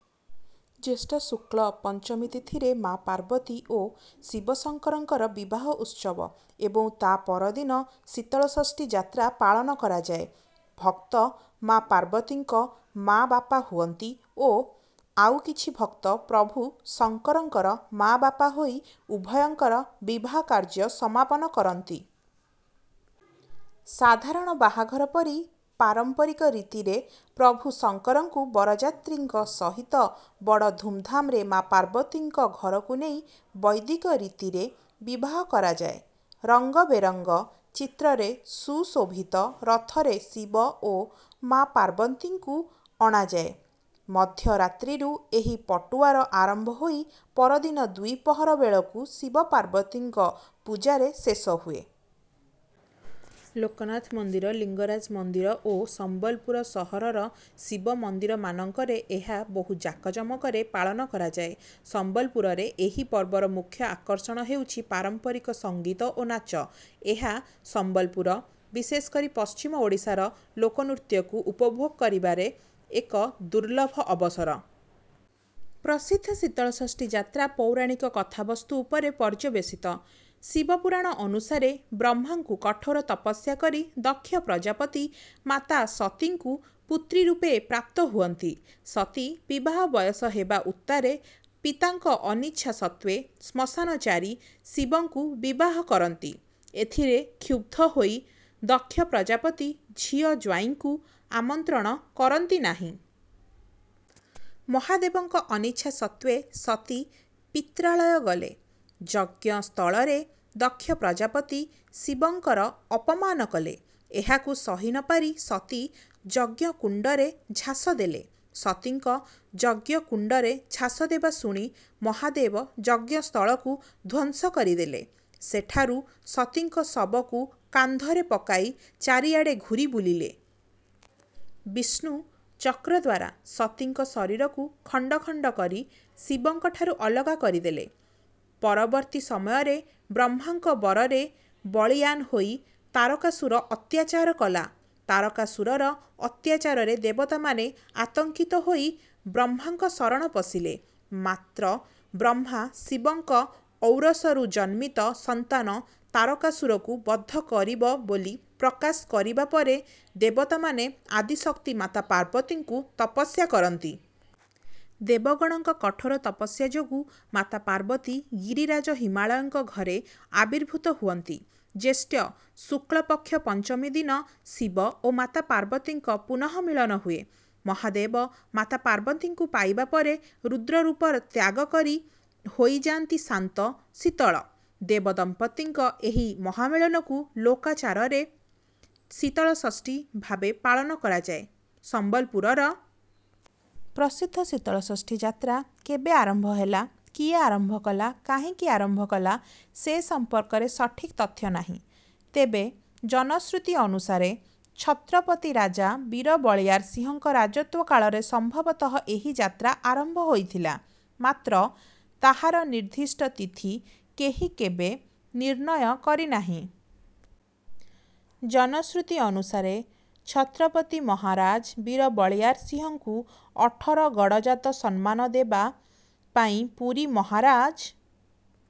ଜ୍ୟୈଷ୍ଠ ଶୁକ୍ଳ ପଞ୍ଚମୀ ତିଥିରେ ମା’ ପାର୍ବତୀ ଓ ଶିବଶଙ୍କରଙ୍କର ବିବାହ ଉତ୍ସବ ଏବଂ ତା’ପରଦିନ ଶୀତଳଷଷ୍ଠୀ ଯାତ୍ରା ପାଳନ କରାଯାଏ। ଭକ୍ତ ମା’ ପାର୍ବତୀଙ୍କ ମା’ ବାପା ହୁଅନ୍ତି ଓ ଆଉ କିଛି ଭକ୍ତ ପ୍ରଭୁ ଶଙ୍କରଙ୍କର ମା’ ବାପା ହୋଇ ଉଭୟଙ୍କର ବିବାହ କାର୍ଯ୍ୟ ସମାପନ କରନ୍ତି। ସାଧାରଣ ବାହାଘର ପରି ପାରମ୍ପରିକ ରୀତିରେ ପ୍ରଭୁ ଶଙ୍କରଙ୍କୁ ବରଯାତ୍ରୀଙ୍କ ସହିତ ବଡ଼ ଧୂମ୍‌ଧାମ୍‌ରେ ମା’ ପାର୍ବତୀଙ୍କ ଘରକୁ ନେଇ ବୈଦିକ ରୀତିରେ ବିବାହ କରାଯାଏ। ରଙ୍ଗବେରଙ୍ଗ ଚିତ୍ରରେ ସୁଶୋଭିତ ରଥରେ ଶିବ ଓ ମା’ ପାର୍ବତୀଙ୍କୁ ଅଣାଯାଏ। ମଧ୍ୟରାତ୍ରିରୁ ଏହି ପଟୁଆର ଆରମ୍ଭ ହୋଇ ପରଦିନ ଦ୍ୱିପ୍ରହର ବେଳକୁ ଶିବପାର୍ବତୀଙ୍କ ପୂଜାରେ ଶେଷ ହୁଏ। ଲୋକନାଥ ମନ୍ଦିର, ଲିଙ୍ଗରାଜ ମନ୍ଦିର ଓ ସମ୍ବଲପୁର ସହରର ଶିବ ମନ୍ଦିରମାନଙ୍କରେ ଏହା ବହୁ ଜାକଜମକରେ ପାଳନ କରାଯାଏ। ସମ୍ବଲପୁରରେ ଏହି ପର୍ବର ମୁଖ୍ୟ ଆକର୍ଷଣ ହେଉଛି ପାରମ୍ପରିକ ସଙ୍ଗୀତ ଓ ନାଚ। ଏହା ସମ୍ବଲପୁର, ବିଶେଷକରି ପଶ୍ଚିମ ଓଡ଼ିଶାର ଲୋକନୃତ୍ୟକୁ ଉପଭୋଗ କରିବାରେ ଏକ ଦୁର୍ଲଭ ଅବସର। ପ୍ରସିଦ୍ଧ ଶୀତଳଷଷ୍ଠୀ ଯାତ୍ରା ପୌରାଣିକ କଥାବସ୍ତୁ ଉପରେ ପର୍ଯ୍ୟବସିତ। ଶିବପୁରାଣ ଅନୁସାରେ ବ୍ରହ୍ମାଙ୍କୁ କଠୋର ତପସ୍ୟା କରି ଦକ୍ଷପ୍ରଜାପତି ମାତା ସତୀଙ୍କୁ ପୁତ୍ରୀ ରୂପେ ପ୍ରାପ୍ତ ହୁଅନ୍ତି। ସତୀ ବିବାହ ବୟସ ହେବା ଉତ୍ତାରେ ପିତାଙ୍କ ଅନିଚ୍ଛା ସତ୍ତ୍ୱେ ଶ୍ମଶାନଚାରୀ ଶିବଙ୍କୁ ବିବାହ କରନ୍ତି। ଏଥିରେ କ୍ଷୁବ୍ଧ ହୋଇ ଦକ୍ଷପ୍ରଜାପତି ଝିଅ-ଜ୍ୱାଇଁଙ୍କୁ ଆମନ୍ତ୍ରଣ କରନ୍ତି ନାହିଁ। ମହାଦେବଙ୍କ ଅନିଚ୍ଛା ସତ୍ତ୍ୱେ ସତୀ ପିତ୍ରାଳୟ ଗଲେ। ଯଜ୍ଞସ୍ଥଳରେ ଦକ୍ଷପ୍ରଜାପତି ଶିବଙ୍କର ଅପମାନ କଲେ, ଏହାକୁ ସହି ନ ପାରି ସତୀ ଯଜ୍ଞକୁଣ୍ଡରେ ଝାସ ଦେଲେ। ସତୀଙ୍କ ଯଜ୍ଞକୁଣ୍ଡରେ ଝାସ ଦେବା ଶୁଣି ମହାଦେବ ଯଜ୍ଞସ୍ଥଳକୁ ଧ୍ୱଂସ କରିଦେଲେ। ସେଠାରୁ ସତୀଙ୍କ ଶବକୁ କାନ୍ଧରେ ପକାଇ ଚାରିଆଡ଼େ ଘୂରିବୁଲିଲେ। ବିଷ୍ଣୁ ଚକ୍ର ଦ୍ୱାରା ସତୀଙ୍କ ଶରୀରକୁ ଖଣ୍ଡ ଖଣ୍ଡ କରି ଶିବଙ୍କ ଠାରୁ ଅଲଗା କରିଦେଲେ। ପରବର୍ତ୍ତୀ ସମୟରେ ବ୍ରହ୍ମାଙ୍କ ବରରେ ବଳୀୟାନ ହୋଇ ତାରକାସୁର ଅତ୍ୟାଚାର କଲା। ତାରକାସୁରର ଅତ୍ୟାଚାରରେ ଦେବତାମାନେ ଆତଙ୍କିତ ହୋଇ ବ୍ରହ୍ମାଙ୍କ ଶରଣ ପଶିଲେ। ମାତ୍ର ବ୍ରହ୍ମା, ଶିବଙ୍କ ଔରସରୁ ଜନ୍ମିତ ସନ୍ତାନ ତାରକାସୁରକୁ ବଧ କରିବ ବୋଲି ପ୍ରକାଶ କରିବା ପରେ, ଦେବତାମାନେ ଆଦିଶକ୍ତି ମାତା ପାର୍ବତୀଙ୍କୁ ତପସ୍ୟା କରନ୍ତି। ଦେବଗଣଙ୍କ କଠୋର ତପସ୍ୟା ଯୋଗୁଁ ମାତା ପାର୍ବତୀ ଗିରିରାଜ ହିମାଳୟଙ୍କ ଘରେ ଆବିର୍ଭୂତ ହୁଅନ୍ତି। ଜ୍ୟେଷ୍ଠ ଶୁକ୍ଳପକ୍ଷ ପଞ୍ଚମୀ ଦିନ ଶିବ ଓ ମାତା ପାର୍ବତୀଙ୍କ ପୁନଃମିଳନ ହୁଏ। ମହାଦେବ ମାତା ପାର୍ବତୀଙ୍କୁ ପାଇବା ପରେ ରୁଦ୍ର ରୂପ ତ୍ୟାଗ କରି ହୋଇଯାନ୍ତି ଶାନ୍ତ, ଶୀତଳ। ଦେବଦମ୍ପତିଙ୍କ ଏହି ମହାମିଳନକୁ ଲୋକାଚାରରେ ଶୀତଳଷଷ୍ଠୀ ଭାବେ ପାଳନ କରାଯାଏ। ସମ୍ବଲପୁରର ପ୍ରସିଦ୍ଧ ଶୀତଳଷଷ୍ଠୀ ଯାତ୍ରା କେବେ ଆରମ୍ଭ ହେଲା, କିଏ ଆରମ୍ଭ କଲା, କାହିଁକି ଆରମ୍ଭ କଲା ସେ ସମ୍ପର୍କରେ ସଠିକ୍ ତଥ୍ୟ ନାହିଁ। ତେବେ ଜନଶ୍ରୁତି ଅନୁସାରେ ଛତ୍ରପତି ରାଜା ବୀର ବଳିୟାର ସିଂହଙ୍କ ରାଜତ୍ୱକାଳରେ ସମ୍ଭବତଃ ଏହି ଯାତ୍ରା ଆରମ୍ଭ ହୋଇଥିଲା। ମାତ୍ର ତାହାର ନିର୍ଦ୍ଦିଷ୍ଟ ତିଥି କେହି କେବେ ନିର୍ଣ୍ଣୟ କରିନାହିଁ। ଜନଶ୍ରୁତି ଅନୁସାରେ ଛତ୍ରପତି ମହାରାଜ ବୀର ବଳିୟାର ସିଂହଙ୍କୁ ଅଠର ଗଡ଼ଜାତ ସମ୍ମାନ ଦେବା ପାଇଁ ପୁରୀ ମହାରାଜ।